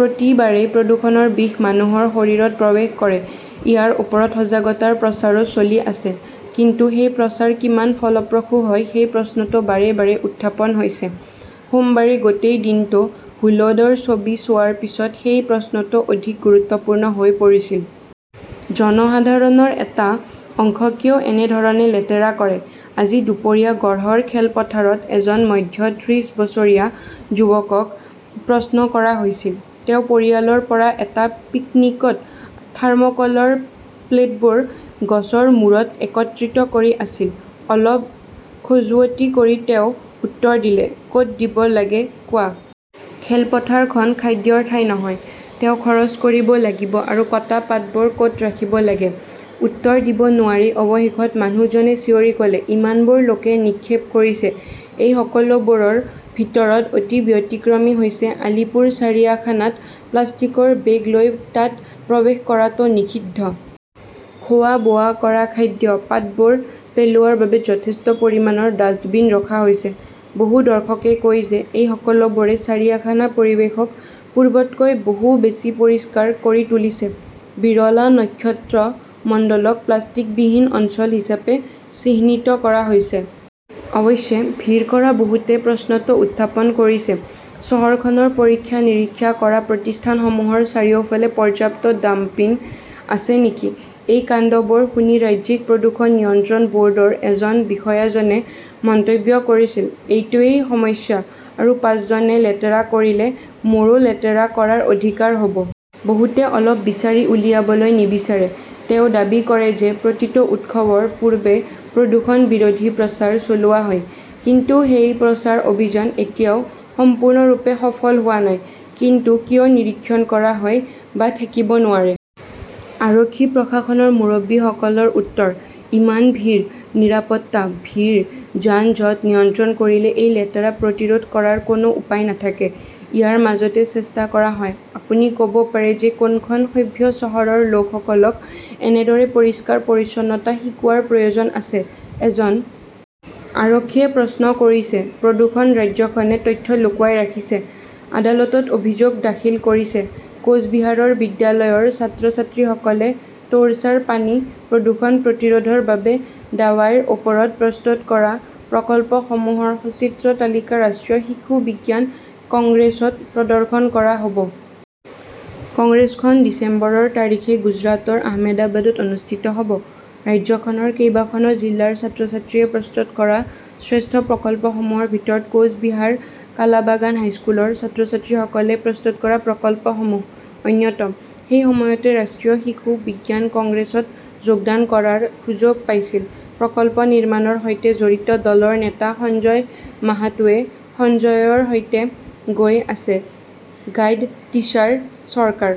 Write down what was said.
প্ৰতিবাৰেই প্ৰদূষণৰ বিষ মানুহৰ শৰীৰত প্ৰৱেশ কৰে। ইয়াৰ ওপৰত সজাগতাৰ প্ৰচাৰো চলি আছে। কিন্তু সেই প্ৰচাৰ কিমান ফলপ্ৰসূ হয় সেই প্ৰশ্নটো বাৰে বাৰে উত্থাপন হৈছে। সোমবাৰে গোটেই দিনটো হুলোডৰ ছবি চোৱাৰ পিছত সেই প্ৰশ্নটো অধিক গুৰুত্বপূৰ্ণ হৈ পৰিছিল। জনসাধাৰণৰ এটা অংশ কিয় এনে ধৰণে লেতেৰা কৰে? আজি দুপৰীয়া গড়ৰ খেলপথাৰত এজন মধ্য ত্ৰিশ বছৰীয়া যুৱকক প্ৰশ্ন কৰা হৈছিল। তেওঁ পৰিয়ালৰ পৰা এটা পিকনিকত থাৰ্মোকোলৰ প্লেটবোৰ গছৰ মূৰত একত্ৰিত কৰি আছিল। অলপ খজুৱতি কৰি তেওঁ উত্তৰ দিলে, কত দিব লাগে কোৱা? খেলপথাৰখন খাদ্যৰ ঠাই নহয়। তেওঁ খৰচ কৰিব লাগিব আৰু কটা পাতবোৰ কত ৰাখিব লাগে। উত্তৰ দিব নোৱাৰি, অৱশেষত, মানুহজনে চিঞৰি কলে, ইমানবোৰ লোকে নিক্ষেপ কৰিছে। এই সকলোবোৰৰ ভিতৰত অতি ব্যতিক্ৰমী হৈছে আলিপুৰ চিৰিয়াখানাত প্লাষ্টিকৰ বেগ লৈ তাত প্ৰৱেশ কৰাটো নিষিদ্ধ। খোৱা-বোৱা কৰা খাদ্য, পাতবোৰ পেলোৱাৰ বাবে যথেষ্ট পৰিমাণৰ ডাস্টবিন ৰখা হৈছে। বহু দৰ্শকে কয় যে এই সকলোবোৰে চিৰিয়াখানা পৰিৱেশক পূৰ্বতকৈ বহু বেছি পৰিষ্কাৰ কৰি তুলিছে। বিৰলা নক্ষত্ৰমণ্ডলক প্লাষ্টিকবিহীন অঞ্চল হিচাপে চিহ্নিত কৰা হৈছে। অৱশ্যে ভিৰ কৰা বহুতে প্ৰশ্নটো উত্থাপন কৰিছে, চহৰখনৰ পৰীক্ষা-নিৰীক্ষা কৰা প্ৰতিষ্ঠানসমূহৰ চাৰিওফালে পৰ্যাপ্ত ডাম্পবিন আছে নেকি? এই কাণ্ডবোৰ শুনি ৰাজ্যিক প্ৰদূষণ নিয়ন্ত্ৰণ বৰ্ডৰ এজন বিষয়াজনে মন্তব্য কৰিছিল, এইটোৱেই সমস্যা আৰু পাঁচজনে লেতেৰা কৰিলে মোৰো লেতেৰা কৰাৰ অধিকাৰ হব! বহুতে অলপ বিচাৰি উলিয়াবলৈ নিবিচাৰে। তেওঁ দাবী কৰে যে প্ৰতিটো উৎসৱৰ পূৰ্বে প্ৰদূষণ বিৰোধী প্ৰচাৰ চলোৱা হয়। কিন্তু সেই প্ৰচাৰ অভিযান এতিয়াও সম্পূৰ্ণৰূপে সফল হোৱা নাই। কিন্তু কিয় নিৰীক্ষণ কৰা হয় বা থাকিব নোৱাৰে? আৰক্ষী-প্ৰশাসনৰ মুৰব্বীসকলৰ উত্তৰ, ইমান ভিৰ, নিৰাপত্তা, ভিৰ, যান-জঁট নিয়ন্ত্ৰণ কৰিলে এই লেতেৰা প্ৰতিৰোধ কৰাৰ কোনো উপায় নাথাকে। ইয়াৰ মাজতে চেষ্টা কৰা হয়। আপুনি কব পাৰে যে কোনখন সভ্য চহৰৰ লোকসকলক এনেদৰে পৰিষ্কাৰ-পৰিচ্ছন্নতা শিকোৱাৰ প্ৰয়োজন আছে? এজন আৰক্ষীয়ে প্ৰশ্ন কৰিছে। প্ৰদূষণ-ৰাজ্যখনে তথ্য লুকুৱাই ৰাখিছে, আদালতত অভিযোগ দাখিল কৰিছে কোচ বিহাৰৰ বিদ্যালয়ৰ ছাত্ৰ-ছাত্ৰীসকলে তোৰছাৰ পানী প্ৰদূষণ প্ৰতিৰোধৰ বাবে 'দাৱাইৰ ওপৰত প্ৰস্তুত কৰা প্ৰকল্পসমূহৰ সচিত্ৰ তালিকা ৰাষ্ট্ৰীয় শিশু বিজ্ঞান কংগ্ৰেছত প্ৰদৰ্শন কৰা হব। কংগ্ৰেছখন ডিচেম্বৰৰ তাৰিখে গুজৰাটৰ আহমেদাবাদত অনুষ্ঠিত হ 'ব। ৰাজ্যখনৰ কেইবাখনো জিলাৰ ছাত্ৰ-ছাত্ৰীয়ে প্ৰস্তুত কৰা শ্ৰেষ্ঠ প্ৰকল্পসমূহৰ ভিতৰত কোচ বিহাৰ কালাবাগান হাইস্কুলৰ ছাত্ৰ-ছাত্ৰীসকলে প্ৰস্তুত কৰা প্ৰকল্পসমূহ অন্যতম। সেই সময়তে ৰাষ্ট্ৰীয় শিশু বিজ্ঞান কংগ্ৰেছত যোগদান কৰাৰ সুযোগ পাইছিল প্ৰকল্প নিৰ্মাণৰ সৈতে জড়িত দলৰ নেতা সঞ্জয় মাহাতোৱে। সঞ্জয়ৰ সৈতে গৈ আছে 'গাইড টিচাৰ চৰকাৰ।